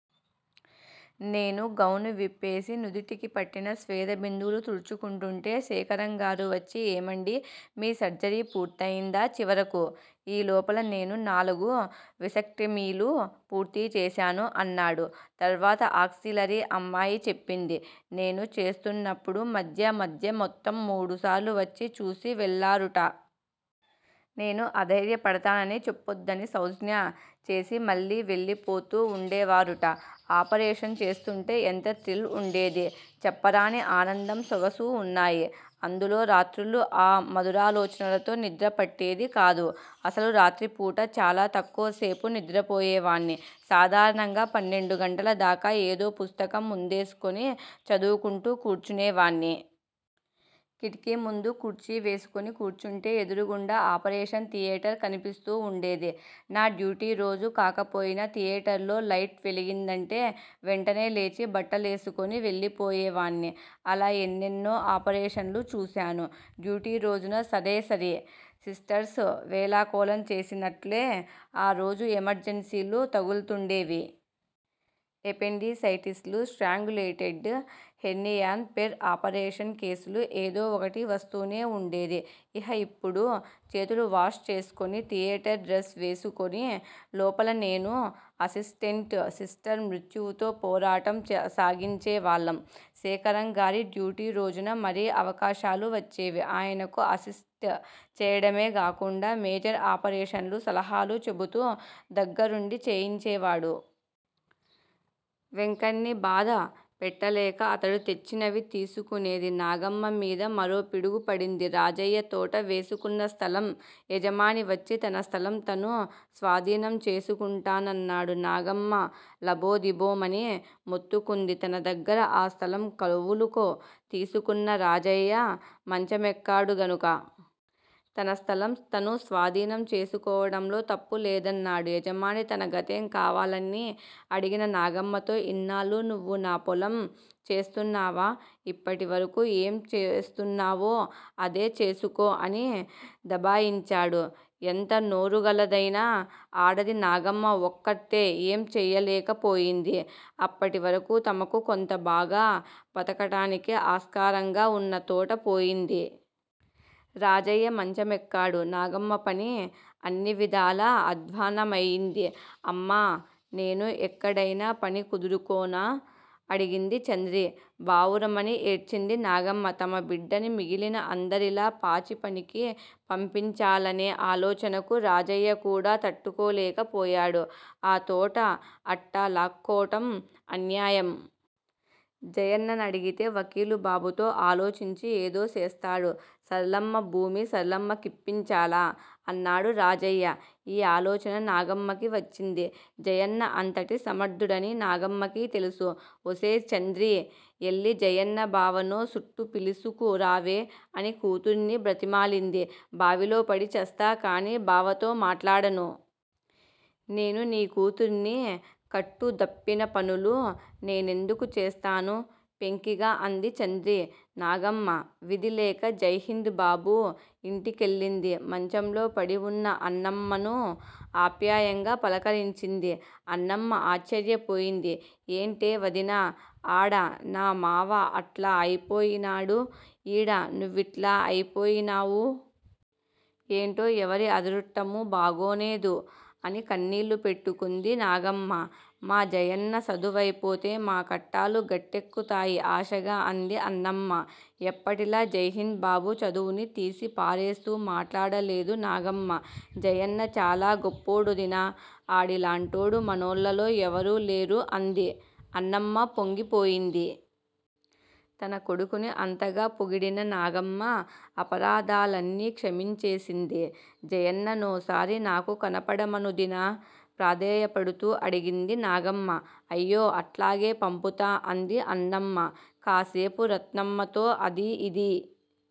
నేను గౌను విప్పేసి, నుదిటికి పట్టిన స్వేద బిందువులు తుడుచుకుంటూంటే శేఖరం గారు వచ్చి ఏమండీ! మీ సర్జరీ పూర్తయిందా చివరకు? ఈ లోపల నేను నాలుగు వేసక్టమీలు పూర్తిచేశాను అన్నాడు. తర్వాత ఆక్సీలరీ అమ్మాయి చెప్పింది. నేను చేస్తున్నప్పుడు మధ్య మధ్య మొత్తం మూడుసార్లు వచ్చి చూసి వెళ్ళారుట. నేను అధైర్య పడతానని, చెప్పొద్దని సౌంజ్ఞ చేసి మళ్ళీ వెళ్ళిపోతూ వుండేవారుట. ఆపరేషన్ చేస్తుంటే ఎంత థ్రిల్ వుండేది! చెప్పరాని ఆనందం, సొగసు వున్నాయి అందులో. రాత్రుళ్ళు ఆ మధురాలోచనలతో నిద్ర పట్టేదికాదు. అసలు రాత్రిపూట చాలా తక్కువ సేపు నిద్రపోయేవాణ్ని. సాధారణంగా పన్నెండు గంటల దాకా ఏదో పుస్తకం ముందేసుకుని చదువుకుంటూ కూర్చునేవాణ్ని. కిటికీ ముందు కుర్చీ వేసుకుని కూర్చుంటే ఎదురుగుండా ఆపరేషన్ థియేటర్ కనిపిస్తూ వుండేది. నా డ్యూటీ రోజు కాకపోయినా, థియేటర్ లో లైటు వెలిగిందంటే వెంటనే లేచి బట్టలేసుకుని వెళ్ళి పోయేవాణ్ని. అలా ఎన్నో ఎన్నో ఆపరేషన్ లు చూశాను. డ్యూటీ రోజున సరేసరి. సిస్టర్స్ వేళాకోళం చేసినట్లే ఆ రోజు ఎమర్జన్సీలు తగుల్తూండేవి. ఎపెండిసైటిస్ లు, స్ట్రాంగ్యులేటెడ్ హెర్నియాన్, పెర్ ఫరేషన్ కేసులు ఏదో ఒకటి వస్తూనే వుండేది. ఇహ ఇప్పుడు చేతులు వాష్ చేసుకుని, థియేటర్ డ్రెస్ వేసుకుని, లోపల నేనూ, అసిస్టెంటూ, సిస్టర్, మృత్యువుతో పోరాటం సాగించే వాళ్ళం. శేఖరం గారి డ్యూటీ రోజున మరీ అవకాశాలు వచ్చేవి. ఆయనకు అసిస్ట్ చేయడమే గాకుండా మేజర్ ఆపరేషన్లు, సలహాలు చెబుతూ దగ్గరుండి చేయించేవాడు. వెంకణ్ని బాధ పెట్టలేక అతడు తెచ్చినవి తీసుకునేది. నాగమ్మ మీద మరో పిడుగు పడింది. రాజయ్య తోట వేసుకున్న స్థలం యజమాని వచ్చి తన స్థలం తను స్వాధీనం చేసుకుంటానన్నాడు. నాగమ్మ లబోదిబోమని మొత్తుకుంది! తన దగ్గర ఆ స్థలం కవులుకు తీసుకున్న రాజయ్య మంచమెక్కాడు గనుక. తన స్థలం తను స్వాధీనం చేసుకోవటములో తప్పు లేదన్నాడు యజమాని తన గతేం కావాలని అడిగిన నాగమ్మతో ఇన్నాళ్ళు నువ్వు నా పొలం చేస్తున్నావా? ఇప్పటివరకూ ఏం చేస్తున్నావో అదే చేసుకో అని దబాయించాడు. ఎంత నోరుగలదైనా ఆడది! నాగమ్మ ఒక్కర్తే ఏం చెయ్యలేకపోయింది. అప్పటివరకూ తమకు కొంత బాగా బతకటానికి ఆస్కారంగా ఉన్న తోట పోయింది. రాజయ్య మంచమెక్కాడు, నాగమ్మపని అన్ని విధాలా అధ్వాన్నమయింది! అమ్మా! నేను ఎక్కడయినా పని కుదురుకోనా? అడిగింది చంద్రి. బావురుమని ఏడ్చింది నాగమ్మ. తమ బిడ్డని మిగిలిన అందరిలా పాచి పనికి పంపించాలనే ఆలోచనకు రాజయ్య కూడా తట్టుకోలేక పోయాడు. ఆ తోట అట్టా లాక్కోటం అన్యాయం. జయన్ననడిగితే వకీలు బాబుతో ఆలోచించి ఏదో సేస్తాడు. సరళమ్మ భూమి సరళమ్మకిప్పించలా? అన్నాడు రాజయ్య. ఈ ఆలోచన నాగమ్మకి వచ్చింది. జయన్న అంతటి సమర్ధుడని నాగమ్మకీ తెలుసు. ఒసేయ్! చంద్రీ! యెల్లి జయన్న బావనో సుట్టు పిలుసుకు రావే! అని కూతుర్ని బ్రతిమాలింది. బావిలో పడి చస్తా కాని బావతో మాట్లాడను. నేను నీ కూతుర్ని. కట్టుదప్పిన పనులు నేనెందుకు చేస్తాను? పెంకిగా అంది చంద్రి. నాగమ్మ విధి లేక జైహింద్ బాబు ఇంటికెళ్ళింది. మంచంలో పడివున్న అన్నమ్మను ఆప్యాయంగా పలకరించింది. అన్నమ్మ ఆశ్చర్యపోయింది. ఏంటే వదినా, ఆడ నా మావ అట్లా అయిపోయినాడు. ఈడ నువ్విట్లా అయిపోయినావు. ఏంటో ఎవరి అదురుట్టమూ బాగోనేదు అని కన్నీళ్ళు పెట్టుకుంది నాగమ్మ. మా జయన్న సదువయిపోతే మా కట్టాలు గట్టెక్కుతయి ఆశగా అంది అన్నమ్మ. ఎప్పటిలా జైహింద్ బాబు చదువుని తీసి పారేస్తూ మాట్లాడలేదు నాగమ్మ. జయన్న చాలా గొప్పోడొదినా! ఆడిలాంటోడు మనోల్లలో ఎవరులేరు అంది. అన్నమ్మ పొంగిపోయింది. తన కొడుకుని అంతగా పొగిడిన నాగమ్మ అపరాధాలన్నీ క్షమించేసింది. జయన్ననోసారి నాకు కనపడమనొదినా! ప్రాధేయపడుతూ అడిగింది నాగమ్మ. అయ్యో! అట్లాగే పంపుతా! అంది అన్నమ్మ. కాసేపు రత్నమ్మతో అదీ ఇదీ